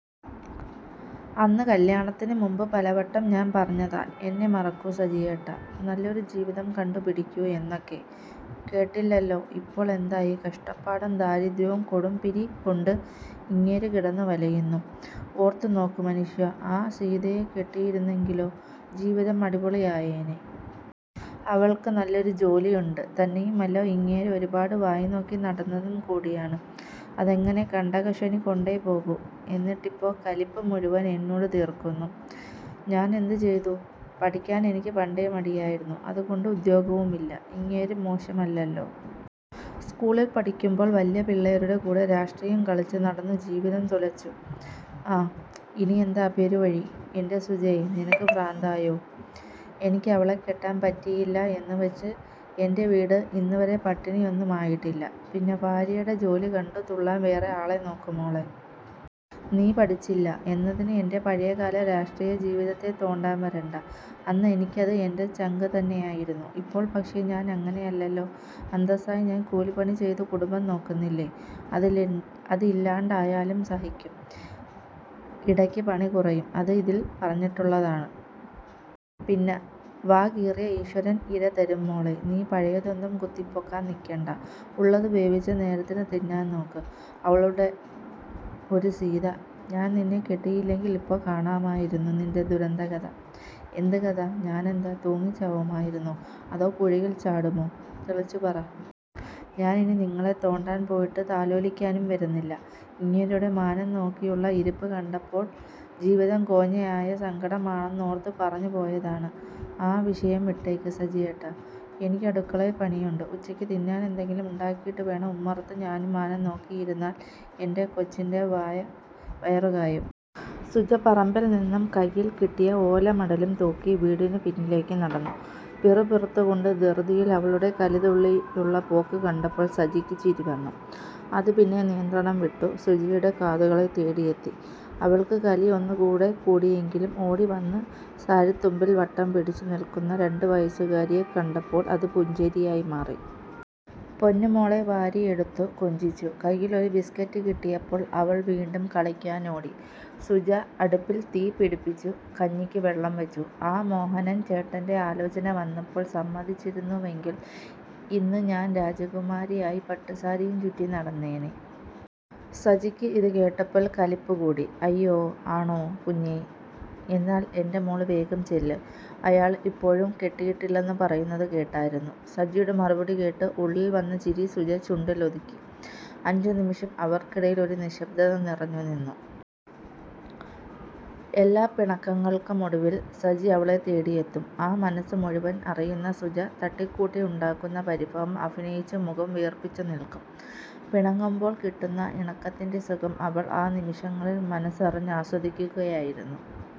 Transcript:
അന്ന് കല്യാണത്തിന് മുൻപ് പലവട്ടം ഞാൻ പറഞ്ഞതാ എന്നെ മറക്കു സജിയേട്ടാ, നല്ലൊരു ജീവിതം കണ്ടു പിടിക്കൂ എന്നൊക്കെ, കേട്ടില്ലല്ലോ. ഇപ്പോൾ എന്തായി കഷ്ടപ്പാടും ദാരിദ്ര്യോം കൊടുംപിരി കൊണ്ട് ഇങ്ങേര് കിടന്നു വലയുന്നു. ഓർത്തു നോക്ക്, മനുഷ്യാ, ആ സീതയെ കെട്ടിയിരുന്നെങ്കിലോ ജീവിതം അടിപൊളി ആയേനെ. അവൾക്ക് നല്ലൊരു ജോലി ഉണ്ട് തന്നെയുമല്ല ഇങ്ങേരെ ഒരുപാട് വായ് നോക്കി നടന്നതും കൂടിയാണ്. അതെങ്ങനെ കണ്ടക ശനി കൊണ്ടേ പോകൂ. എന്നിട്ടിപ്പോ കലിപ്പ് മുഴുവൻ എന്നോട് തീർക്കുന്നു. ഞാൻ എന്ത് ചെയ്തു പഠിക്കാൻ എനിക്ക് പണ്ടേ മടിയായിരുന്നു. അത് കൊണ്ട് ഉദ്യോഗവും ഇല്ല. ഇങ്ങേരും മോശം അല്ലല്ലോ. സ്കൂളിൽ പഠിക്കുമ്പോൾ വല്ല്യ പിള്ളേരുടെ കൂടെ രാഷ്ട്രീയം കളിച്ചു നടന്നു ജീവിതം തുലച്ചു ആഹ്. ഇനി എന്താ പെരുവഴി. എന്റെ സുജേ, നിനക്ക് ഭ്രാന്തായോ, എനിക്ക് അവളെ കെട്ടാൻ പറ്റിയില്ല എന്ന് വച്ചു എന്റെ വീട് ഇന്ന് വരെ പട്ടിണി ഒന്നും ആയിട്ടില്ല. പിന്നെ ഭാര്യേടെ ജോലി കണ്ടു തുള്ളാൻ വേറെ ആളെ നോക്ക് മോളെ. നീ പഠിച്ചില്ല എന്നതിന് എന്റെ പഴയ കാല രാഷ്ട്രീയ ജീവിതത്തെ തോണ്ടാൻ വരണ്ട. അന്ന് എനിക്കത് എന്റെ ചങ്ക്തന്നെയായിരുന്നു. ഇപ്പോൾ പക്ഷേ ഞാൻ അങ്ങനെയല്ലല്ലോ. അന്തസ്സായി ഞാൻ കൂലി പണി ചെയ്തു കുടുംബം നോക്കുന്നില്ലേ. അതിൽ അത് ഇല്ലാണ്ടായാലും സഹിക്കും. ഇടക്ക് പണി കുറയും. അത് ഇതിൽ പറഞ്ഞിട്ടുള്ളതാണ്. പിന്നെ വാ കീറിയ ഈശ്വരൻ ഇര തരും മോളെ. നീ പഴയതൊന്നും കുത്തി പൊക്കാൻ നിൽക്കണ്ട. ഉള്ളത് വേവിച്ചു നേരത്തിനു തിന്നാൻ നോക്ക്. അവളുടെ ഒരു സീത, ഞാൻ നിന്നെ കെട്ടിയില്ലെങ്കിൽ ഇപ്പോൾ കാണാമായിരുന്നു നിന്റെ ദുരന്ത കഥ. എന്ത് കഥ, ഞാൻ എന്താ തൂങ്ങി ചാവുമായിരുന്നോ അതോ പുഴയിൽ ചാടുമോ, തെളിച്ചു പറ. ഞാൻ ഇനി നിങ്ങളെ തോണ്ടാൻ പോയിട്ട് താലോലിക്കാനും വരുന്നില്ല, ഇങ്ങേരുടെ മാനം നോക്കിയുള്ള ഇരിപ്പ് കണ്ടപ്പോൾ ജീവിതം കോഞ്ഞആയ സങ്കടം ആണെന്നോർത്തു പറഞ്ഞു പോയതാണ്. ആ വിഷയം വിട്ടേക്ക് സജിയേട്ടാ. എനിക്ക് അടുക്കളയിൽ പണിയുണ്ട്. ഉച്ചക്ക് തിന്നാൻ എന്തെങ്കിലും ഉണ്ടാക്കിയിട്ട് വേണം. ഉമ്മറത്ത് ഞാനും മാനം നോക്കിയിരുന്നാൽ എന്റെ കൊച്ചിന്റെ വായു വയറു കായും. സുജ പറമ്പിൽ നിന്നും കൈയിൽ കിട്ടിയ ഓല മടലും തൂക്കി വീടിനു പിന്നിലേക്ക് നടന്നു. പിറുപിറുത്തു കൊണ്ട് ധൃതിയിൽ അവളുടെ കലി തുള്ളിയുള്ള പോക്ക് കണ്ടപ്പോൾ സജിക്ക് ചിരി വന്നു. അത് പിന്നെ നിയന്ത്രണം വിട്ടു സുജയുടെ കാതുകളെ തേടിയെത്തി. അവൾക്ക് കലി ഒന്ന് കൂടെ കൂടിയെങ്കിലും ഓടി വന്ന് സാരിത്തുമ്പിൽ വട്ടം പിടിച്ചു നിൽക്കുന്ന രണ്ടു വയസുകാരിയെ കണ്ടപ്പോൾ അത് പുഞ്ചിരിയായി മാറി. പൊന്നു മോളെ വാരിയെടുത്തു കൊഞ്ചിച്ചു. കൈയിൽ ഒരു ബിസ്കറ്റ് കിട്ടിയപ്പോൾ അവൾ വീണ്ടും കളിക്കാൻ ഓടി. സുജ അടുപ്പിൽ തീ പിടിപ്പിച്ചു കഞ്ഞിക്കു വെള്ളം വച്ചു .ആ മോഹനൻ ചേട്ടന്റെ ആലോചന വന്നപ്പോൾ സമ്മതിച്ചിരുന്നുവെങ്കിൽ ഇന്ന് ഞാൻ രാജകുമാരി ആയി പട്ടു സാരിയും ചുറ്റി നടന്നേനെ. സജിക്ക് ഇത് കേട്ടപ്പോൾ കലിപ്പ് കൂടി. അയ്യോ, ആണൊ കുഞ്ഞേ, എന്നാൽ എന്റെ മോള് വേഗം ചെല്ല്, അയാൾ ഇപ്പോഴും കെട്ടിയിട്ടില്ലെന്നു പറയുന്നത് കേട്ടാരുന്നു. സജിയുടെ മറുപടി കേട്ട് ഉള്ളിൽ വന്ന ചിരി സുജ ചുണ്ടിൽ ഒതുക്കി. അഞ്ചു നിമിഷം അവർക്കിടയിൽ ഒരു നിശബ്ദത നിറഞ്ഞു നിന്നു. എല്ലാ പിണക്കങ്ങൾക്കും ഒടുവിൽ സജി അവളെ തേടിയെത്തും. ആ മനസ് മുഴുവൻ അറിയുന്ന സുജ തട്ടിക്കൂട്ടി ഉണ്ടാക്കുന്ന പരിഭവം അഭിനയിച്ചു മുഖം വീർപ്പിച്ചു നിൽക്കും. പിണങ്ങുമ്പോൾ കിട്ടുന്ന ഇണക്കത്തിന്റെ സുഖം അവൾ ആ നിമിഷങ്ങളിൽ മനസ്സറിഞ്ഞു ആസ്വദിക്കുകയായിരുന്നു.